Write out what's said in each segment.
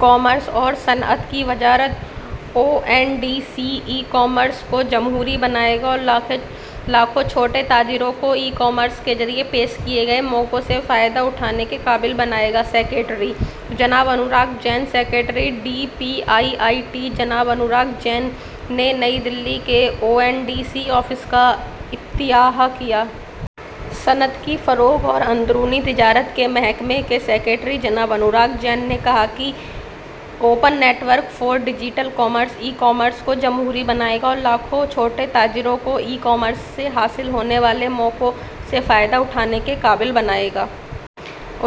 Commerce اور صنعت کی وزارت O N D C e commerce کو جمہوری بنائے گا اور لاکھوں چھوٹے تاجروں کو ای کامرس کے ذریعے پیش کردہ مواقع سے فائدہ اٹھانے کے قابل بنائے گا: سکریٹری جناب Anurag Jain secretary D P I I T, جناب انوراگ جین نے نئی دہلی میں O N D C office کا افتتاح کیا۔ صنعت کی فروغ اور اندرونی تجارت کے محکمہ کے سکریٹری، جناب انوراگ جین نے آج کہا کہ open network for digital commerce e commerce کو جمہوری بنائے گا اور لاکھوں چھوٹے تاجروں کو ای کامرس سے حاصل ہونے والے مواقع سے فائدہ اٹھانے کے قابل بنائے گا۔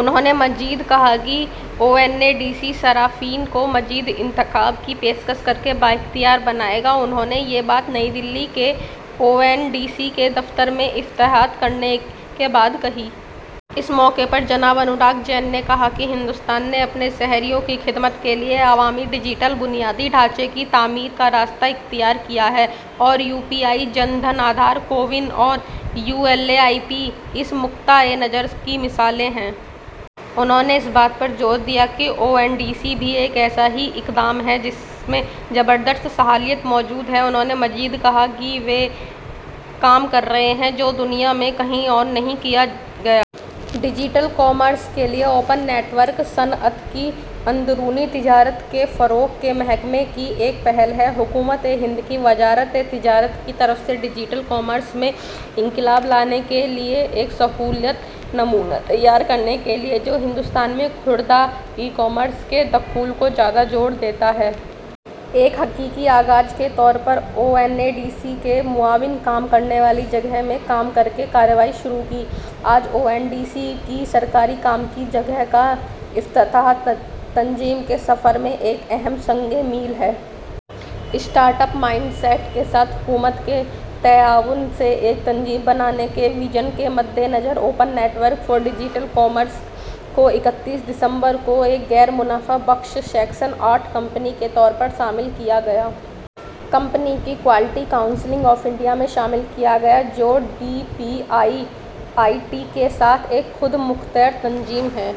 انہوں نے مزید کہا کہ او این ڈی سی صارفین کو مزید انتخاب کی پیشکش کرکے بااختیار بنائے گا۔ انہوں نے یہ بات نئی دہلی میں او این ڈی سی کے دفتر کا افتتاح کرنے کے بعد کہی۔ اس موقع پر جناب انوراگ جین نے کہا کہ ہندوستان نے اپنے شہریوں کی خدمت کے لیے عوامی ڈیجیٹل بنیادی ڈھانچے کی تعمیر کا راستہ اختیار کیا ہے اور یو پی آئی، جن دھن، آدھار، کووِن اور یو ایل آئی پی اس نقطہ نظر کی مثالیں ہیں۔ انہوں نے اس بات پر زور دیا کہ او این ڈی سی بھی ایک ایسا ہی اقدام ہے جس میں زبردست صلاحیت موجود ہے۔ انہوں نے مزید کہا کہ ہم وہ کام کر رہے ہیں جو دنیا میں کہیں اور نہیں کیا گیا۔ ڈیجیٹل کامرس کے لیے اوپن نیٹ ورک، صنعت اور اندرونی تجارت کے فروغ کے محکمے کی ایک پہل ہے، حکومتِ ہند کی وزارتِ تجارت، ڈیجیٹل کامرس میں انقلاب لانے کے لیے ایک سہولتی نمونہ تیار کرنے کے لیے، جو ہندوستان میں خوردہ ای کامرس کے دخول کو زیادہ زور دیتا ہے۔ ایک حقیقی آغاز کے طور پر، او این ڈی سی نے معاون کام کرنے والی جگہ میں کام کرکے کارروائی شروع کی۔ آج، او این ڈی سی کے سرکاری کام کی جگہ کا افتتاح، تنظیم کے سفر میں ایک اہم سنگِ میل ہے۔ اسٹارٹ اپ مائنڈ سیٹ کے ساتھ حکومت کے تعاون سے ایک تنظیم بنانے کے وژن کے مدِنظر، ''open network for digital commerce'' کو اکتیس دسمبر کو ایک غیر منافع بخش، سیکشن آٹھ کمپنی کے طور پر شامل کیا گیا۔ کمپنی کو کوالٹی کونسل آف انڈیا میں شامل کیا گیا، جو D P I I T کے ساتھ ایک خود مختار تنظیم ہے۔